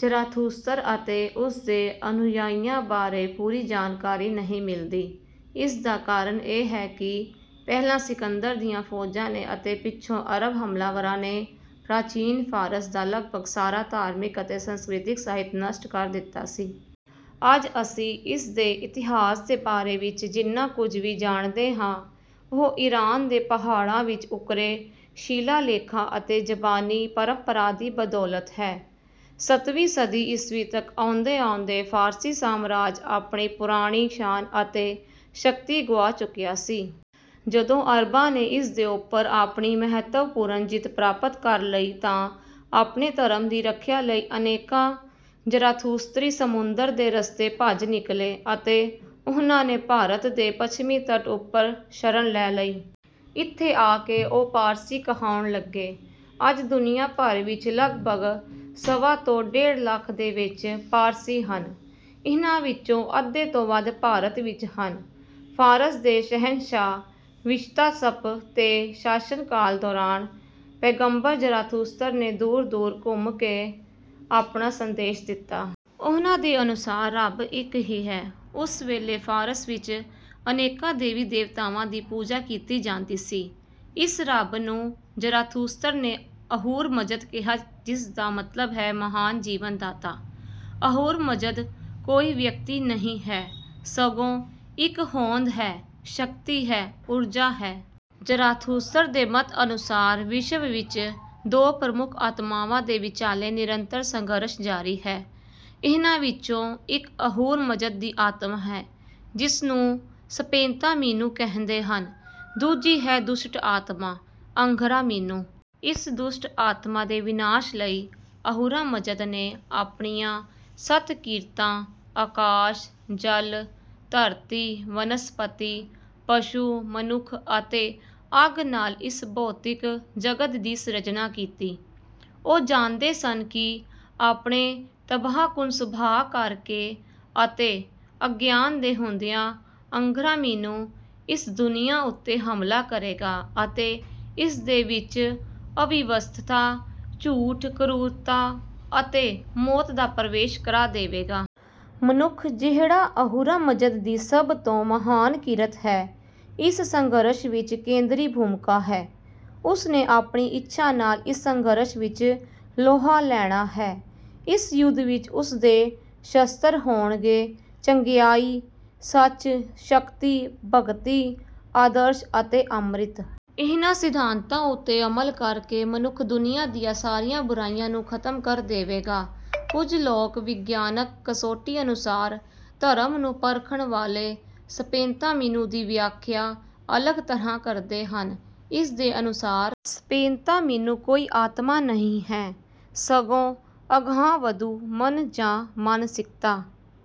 ਜ਼ਰਾਥੂਸਤਰ ਅਤੇ ਉਸਦੇ ਅਨੁਯਾਈਆਂ ਬਾਰੇ ਪੂਰੀ ਜਾਣਕਾਰੀ ਨਹੀਂ ਮਿਲਦੀ। ਇਸਦਾ ਕਾਰਨ ਇਹ ਹੈ ਕਿ ਪਹਿਲਾਂ ਸਿਕੰਦਰ ਦੀਆਂ ਫੌਜਾਂ ਨੇ ਅਤੇ ਪਿੱਛੋਂ ਅਰਬ ਹਮਲਾਵਰਾਂ ਨੇ ਪ੍ਰਾਚੀਨ ਫ਼ਾਰਸ ਦਾ ਲਗਭਗ ਸਾਰਾ ਧਾਰਮਿਕ ਅਤੇ ਸੰਸਕ੍ਰਿਤਿਕ ਸਾਹਿਤ ਨਸ਼ਟ ਕਰ ਦਿੱਤਾ ਸੀ। ਅੱਜ ਅਸੀਂ ਇਸਦੇ ਇਤਿਹਾਸ ਦੇ ਬਾਰੇ ਵਿੱਚ ਜਿੰਨਾ ਕੁਝ ਵੀ ਜਾਣਦੇ ਹਾਂ ਉਹ ਈਰਾਨ ਦੇ ਪਹਾੜਾਂ ਵਿੱਚ ਉੱਕਰੇ ਸ਼ਿਲਾਲੇਖਾਂ ਅਤੇ ਜ਼ਬਾਨੀ ਪਰੰਪਰਾ ਦੀ ਬਦੌਲਤ ਹੈ। ਸੱਤਵੀਂ ਸਦੀ ਈਸਵੀ ਤੱਕ ਆਉਂਦੇ ਆਉਂਦੇ ਫ਼ਾਰਸੀ ਸਾਮਰਾਜ ਆਪਣੀ ਪੁਰਾਣੀ ਸ਼ਾਨ ਅਤੇ ਸ਼ਕਤੀ ਗੁਆ ਚੁੱਕਿਆ ਸੀ। ਜਦੋਂ ਅਰਬਾਂ ਨੇ ਇਸਦੇ ਉੱਪਰ ਆਪਣੀ ਮਹੱਤਵਪੂਰਨ ਜਿੱਤ ਪ੍ਰਾਪਤ ਕਰ ਲਈ ਤਾਂ ਆਪਣੇ ਧਰਮ ਦੀ ਰੱਖਿਆ ਲਈ ਅਨੇਕਾਂ ਜ਼ਰਾਥੂਸਤਰੀ ਸਮੁੰਦਰ ਦੇ ਰਸਤੇ ਭੱਜ ਨਿਕਲੇ ਅਤੇ ਉਹਨਾਂ ਨੇ ਭਾਰਤ ਦੇ ਪੱਛਮੀ ਤੱਟ ਉੱਪਰ ਸ਼ਰਨ ਲੈ ਲਈ। ਇੱਥੇ ਆਕੇ ਉਹ ਪਾਰਸੀ ਕਹਾਉਣ ਲੱਗੇ। ਅੱਜ ਦੁਨੀਆਂ ਭਰ ਵਿੱਚ ਲਗਭਗ ਸਵਾ ਤੋਂ ਡੇਢ ਲੱਖ ਦੇ ਵਿੱਚ ਪਾਰਸੀ ਹਨ। ਇਹਨਾਂ ਵਿੱਚੋਂ ਅੱਧੇ ਤੋਂ ਵੱਧ ਭਾਰਤ ਵਿੱਚ ਹਨ। ਫ਼ਾਰਸ ਦੇ ਸ਼ਹਿਨਸ਼ਾਹ ਵਿਸ਼ਤਾਸਪ ਦੇ ਸ਼ਾਸਨਕਾਲ ਦੌਰਾਨ ਪੈਗੰਬਰ ਜ਼ਰਾਥੂਸਤਰ ਨੇ ਦੂਰ ਦੂਰ ਘੁੰਮ ਕੇ ਆਪਣਾ ਸੰਦੇਸ਼ ਦਿੱਤਾ। ਉਹਨਾਂ ਦੇ ਅਨੁਸਾਰ ਰੱਬ ਇੱਕ ਹੀ ਹੈ। ਉਸ ਵੇਲੇ ਫ਼ਾਰਸ ਵਿੱਚ ਅਨੇਕਾਂ ਦੇਵੀ ਦੇਵਤਾਵਾਂ ਦੀ ਪੂਜਾ ਕੀਤੀ ਜਾਂਦੀ ਸੀ। ਇਸ ਰੱਬ ਨੂੰ ਜ਼ਰਾਥੂਸਤਰ ਨੇ ਅਹੁਰ ਮਜ਼ਦ ਕਿਹਾ ਜਿਸਦਾ ਮਤਲਬ ਹੈ ਮਹਾਨ ਜੀਵਨਦਾਤਾ। ਅਹੁਰ ਮਜ਼ਦ ਕੋਈ ਵਿਅਕਤੀ ਨਹੀਂ ਹੈ ਸਗੋਂ ਇੱਕ ਹੋਂਦ ਹੈ ਸ਼ਕਤੀ ਹੈ ਊਰਜਾ ਹੈ। ਜ਼ਰਾਥੂਸਤਰ ਦੇ ਮਤ ਅਨੁਸਾਰ ਵਿਸ਼ਵ ਵਿੱਚ ਦੋ ਪ੍ਰਮੁੱਖ ਆਤਮਾਵਾਂ ਦੇ ਵਿਚਾਲੇ ਨਿਰੰਤਰ ਸੰਘਰਸ਼ ਜਾਰੀ ਹੈ। ਇਹਨਾਂ ਵਿੱਚੋਂ ਇੱਕ ਅਹੁਰ ਮਜ਼ਦ ਦੀ ਆਤਮਾ ਹੈ ਜਿਸਨੂੰ ਸਪੇਂਤਾ ਮੀਨੂ ਕਹਿੰਦੇ ਹਨ। ਦੂਜੀ ਹੈ ਦੁਸ਼ਟ ਆਤਮਾ ਅੰਘਰਾ ਮੀਨੂ। ਇਸ ਦੁਸ਼ਟ ਆਤਮਾ ਦੇ ਵਿਨਾਸ਼ ਲਈ ਅਹੁਰਾ ਮਜ਼ਦ ਨੇ ਆਪਣੀਆਂ ਸੱਤ ਕਿਰਤਾਂ ਆਕਾਸ਼ ਜਲ ਧਰਤੀ ਵਨਸਪਤੀ ਪਸ਼ੂ ਮਨੁੱਖ ਅਤੇ ਅੱਗ ਨਾਲ਼ ਇਸ ਭੌਤਿਕ ਜਗਤ ਦੀ ਸਿਰਜਣਾ ਕੀਤੀ। ਉਹ ਜਾਣਦੇ ਸਨ ਕਿ ਆਪਣੇ ਤਬਾਹਕੁੰਨ ਸੁਭਾਅ ਕਰਕੇ ਅਤੇ ਅਗਿਆਨ ਦੇ ਹੁੰਦਿਆਂ ਅੰਘਰਾ ਮੀਨੂ ਇਸ ਦੁਨੀਆਂ ਉੱਤੇ ਹਮਲਾ ਕਰੇਗਾ ਅਤੇ ਇਸਦੇ ਵਿੱਚ ਅਵਿਵਸਥਾ ਝੂਠ ਕਰੂਰਤਾ ਅਤੇ ਮੌਤ ਦਾ ਪ੍ਰਵੇਸ਼ ਕਰਾ ਦੇਵੇਗਾ। ਮਨੁੱਖ ਜਿਹੜਾ ਅਹੁਰਾ ਮਜ਼ਦ ਦੀ ਸਭ ਤੋਂ ਮਹਾਨ ਕਿਰਤ ਹੈ ਇਸ ਸੰਘਰਸ਼ ਵਿੱਚ ਕੇਂਦਰੀ ਭੂਮਿਕਾ ਹੈ। ਉਸਨੇ ਆਪਣੀ ਇੱਛਾ ਨਾਲ਼ ਇਸ ਸੰਘਰਸ਼ ਵਿੱਚ ਲੋਹਾ ਲੈਣਾ ਹੈ। ਇਸ ਯੁੱਧ ਵਿੱਚ ਉਸਦੇ ਸ਼ਸਤਰ ਹੋਣਗੇ ਚੰਗਿਆਈ ਸੱਚ ਸ਼ਕਤੀ ਭਗਤੀ ਆਦਰਸ਼ ਅਤੇ ਅਮ੍ਰਿਤ। ਇਹਨਾਂ ਸਿਧਾਂਤਾਂ ਉੱਤੇ ਅਮਲ ਕਰਕੇ ਮਨੁੱਖ ਦੁਨੀਆਂ ਦੀਆਂ ਸਾਰੀਆਂ ਬੁਰਾਈਆਂ ਨੂੰ ਖ਼ਤਮ ਕਰ ਦੇਵੇਗਾ। ਕੁਝ ਲੋਕ ਵਿਗਿਆਨਕ ਕਸੌਟੀ ਅਨੁਸਾਰ ਧਰਮ ਨੂੰ ਪਰਖਣ ਵਾਲੇ ਸਪੇਂਤਾ ਮੀਨੂ ਦੀ ਵਿਆਖਿਆ ਅਲੱਗ ਤਰ੍ਹਾਂ ਕਰਦੇ ਹਨ। ਇਸਦੇ ਅਨੁਸਾਰ ਸਪੇਂਤਾ ਮੀਨੂ ਕੋਈ ਆਤਮਾ ਨਹੀਂ ਹੈ ਸਗੋਂ ਅਗਾਂਹਵਧੂ ਮਨ ਜਾਂ ਮਾਨਸਿਕਤਾ